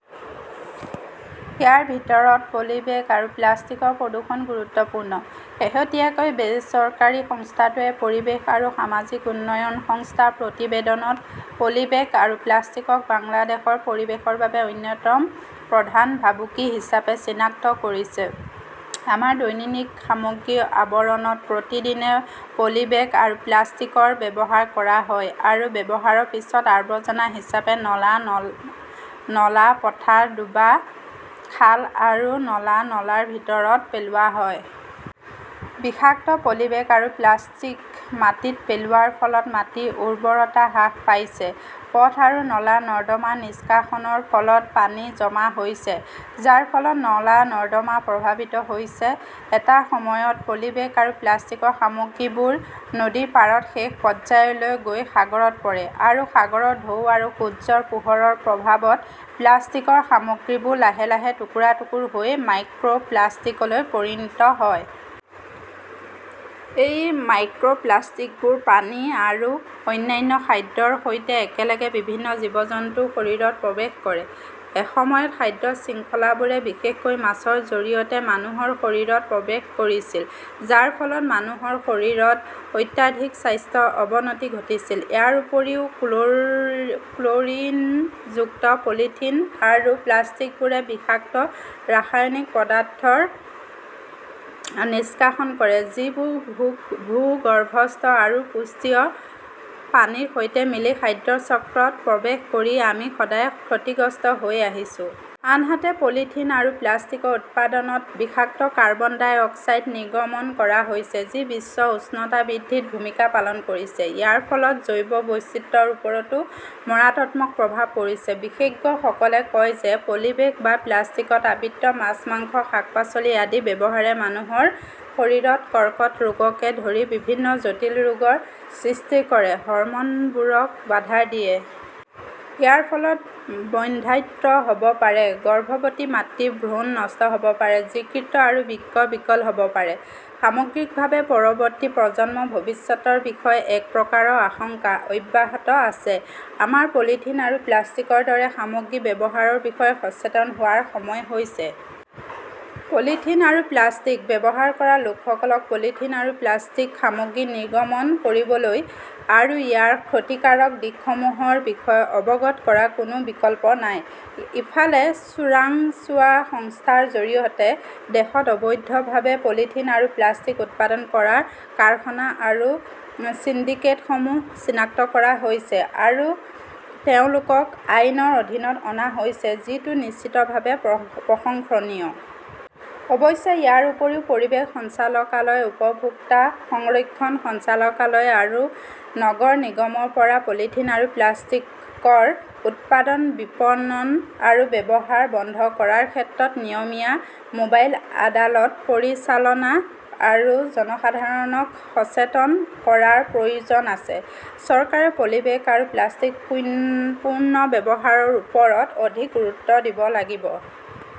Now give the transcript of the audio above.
ইয়াৰ ভিতৰত পলিবেগ আৰু প্লাষ্টিকৰ প্ৰদূষণ গুৰুত্বপূৰ্ণ। শেহতীয়াকৈ বেচৰকাৰী সংস্থাটোৱে পৰিৱেশ আৰু সামাজিক উন্নয়ন সংস্থাৰ প্ৰতিবেদনত পলিবেগ আৰু প্লাষ্টিকক বাংলাদেশৰ পৰিৱেশৰ বাবে অন্যতম প্ৰধান ভাবুকি হিচাপে চিনাক্ত কৰিছে। আমাৰ দৈনন্দিন সামগ্ৰীৰ আৱৰণত প্ৰতিদিনে পলি বেগ আৰু প্লাষ্টিক ব্যৱহাৰ কৰা হয় আৰু ব্যৱহাৰৰ পিছত আৱৰ্জনা হিচাপে নলা-নলা, পথাৰ, ডুৱা, খাল আৰু নলা-নলাৰ ভিতৰত পেলোৱা হয়। বিষাক্ত পলিবেগ আৰু প্লাষ্টিক মাটিত পেলোৱাৰ ফলত মাটিৰ উৰ্বৰতা হ্ৰাস পাইছে। পথ আৰু নলা-নৰ্দমা নিষ্কাশনৰ ফলত পানী জমা হৈছে, যাৰ ফলত নলা-নৰ্দমা প্ৰভাৱিত হৈছে। এটা সময়ত পলিবেগ আৰু প্লাষ্টিকৰ সামগ্ৰীবোৰ নদীৰ পাৰত শেষ পৰ্যায়লৈ গৈ সাগৰত পৰে আৰু সাগৰৰ ঢৌ আৰু সূৰ্যৰ পোহৰৰ প্ৰভাৱত প্লাষ্টিকৰ সামগ্ৰীবোৰ লাহে লাহে টুকুৰা-টুকুৰা হৈ মাইক্ৰ'প্লাষ্টিকলৈ পৰিণত হয়। এই মাইক্ৰ 'প্লাষ্টিকবোৰ পানী আৰু অন্যান্য খাদ্যৰ সৈতে একেলগে বিভিন্ন জীৱ-জন্তুৰ শৰীৰত প্ৰৱেশ কৰে। এসময়ত খাদ্য শৃংখলাবোৰে বিশেষকৈ মাছৰ জৰিয়তে মানুহৰ শৰীৰত প্ৰৱেশ কৰিছিল, যাৰ ফলত মানুহৰ শৰীৰত অত্যাধিক স্বাস্থ্যৰ অৱনতি ঘটিছিল। ইয়াৰ উপৰিও, ক্ল'ৰিনযুক্ত পলিথিন আৰু প্লাষ্টিকবোৰে বিষাক্ত ৰাসায়নিক পদাৰ্থ নিষ্কাশন কৰে, যিবোৰ ভূগৰ্ভস্থ আৰু পৃষ্ঠীয় পানীৰ সৈতে মিলি খাদ্য চক্ৰত প্ৰৱেশ কৰি আমি সদায় ক্ষতিগ্ৰস্ত হৈ আহিছো। আনহাতে পলিথিন আৰু প্লাষ্টিকৰ উৎপাদনত বিষাক্ত কাৰ্বন ডাই অক্সাইড নিৰ্গমন কৰা হৈছে, যি বিশ্ব উষ্ণতা বৃদ্ধিত ভূমিকা পালন কৰিছে। ইয়াৰ ফলত জৈৱ বৈচিত্ৰ্যৰ ওপৰতো মাৰাত্মক প্ৰভাৱ পৰিছে। বিশেষজ্ঞসকলে কয় যে পলিবেগ বা প্লাষ্টিকত আবৃত মাছ, মাংস, শাক-পাচলি আদিৰ ব্যৱহাৰে মানুহৰ শৰীৰত কৰ্কট ৰোগকে ধৰি বিভিন্ন জটিল ৰোগৰ সৃষ্টি কৰে, হৰম'নবোৰক বাধা দিয়ে। ইয়াৰ ফলত বন্ধ্যাত্ব হ'ব পাৰে, গৰ্ভৱতী মাতৃৰ ভ্ৰূণ নষ্ট হ'ব পাৰে, যকৃত আৰু বৃক্ক বিকল হ'ব পাৰে। সামগ্ৰিকভাৱে, পৰৱৰ্তী প্ৰজন্মৰ ভৱিষ্যতৰ বিষয়ে এক প্ৰকাৰৰ আশংকা অব্যাহত আছে। আমাৰ পলিথিন আৰু প্লাষ্টিকৰ দৰে সামগ্ৰীৰ ব্যৱহাৰৰ বিষয়ে সচেতন হোৱাৰ সময় হৈছে। পলিথিন আৰু প্লাষ্টিক ব্যৱহাৰ কৰা লোকসকলক পলিথিন আৰু প্লাষ্টিকৰ সামগ্ৰী নিৰ্গমন নকৰিবলৈ আৰু ইয়াৰ ক্ষতিকাৰক দিশসমূহৰ বিষয়ে অৱগত কৰাৰ কোনো বিকল্প নাই। ইফালে, চোৰাংচোৱা সংস্থাৰ জৰিয়তে দেশত অবৈধভাৱে পলিথিন আৰু প্লাষ্টিক উৎপাদন কৰা কাৰখানা আৰু সিন্ডিকেটসমূহ চিনাক্ত কৰা হৈছে আৰু তেওঁলোকক আইনৰ অধীনত অনা হৈছে, যিটো নিশ্চিতভাৱে প্ৰশংসনীয়। অৱশ্যে ইয়াৰ উপৰিও পৰিৱেশ সঞ্চালকালয়, উপভোক্তা সংৰক্ষণ সঞ্চালকালয় আৰু নগৰ নিগমৰ পৰা পলিথিন আৰু প্লাষ্টিকৰ উৎপাদন, বিপণন আৰু ব্যৱহাৰ বন্ধ কৰাৰ ক্ষেত্ৰত নিয়মীয়া মোবাইল আদালত পৰিচালনা আৰু জনসাধাৰণক সচেতন কৰাৰ প্ৰয়োজন আছে। চৰকাৰে পলিবেগ আৰু প্লাষ্টিক পুনৰ্ব্যৱহাৰৰ ওপৰত অধিক গুৰুত্ব দিব লাগিব।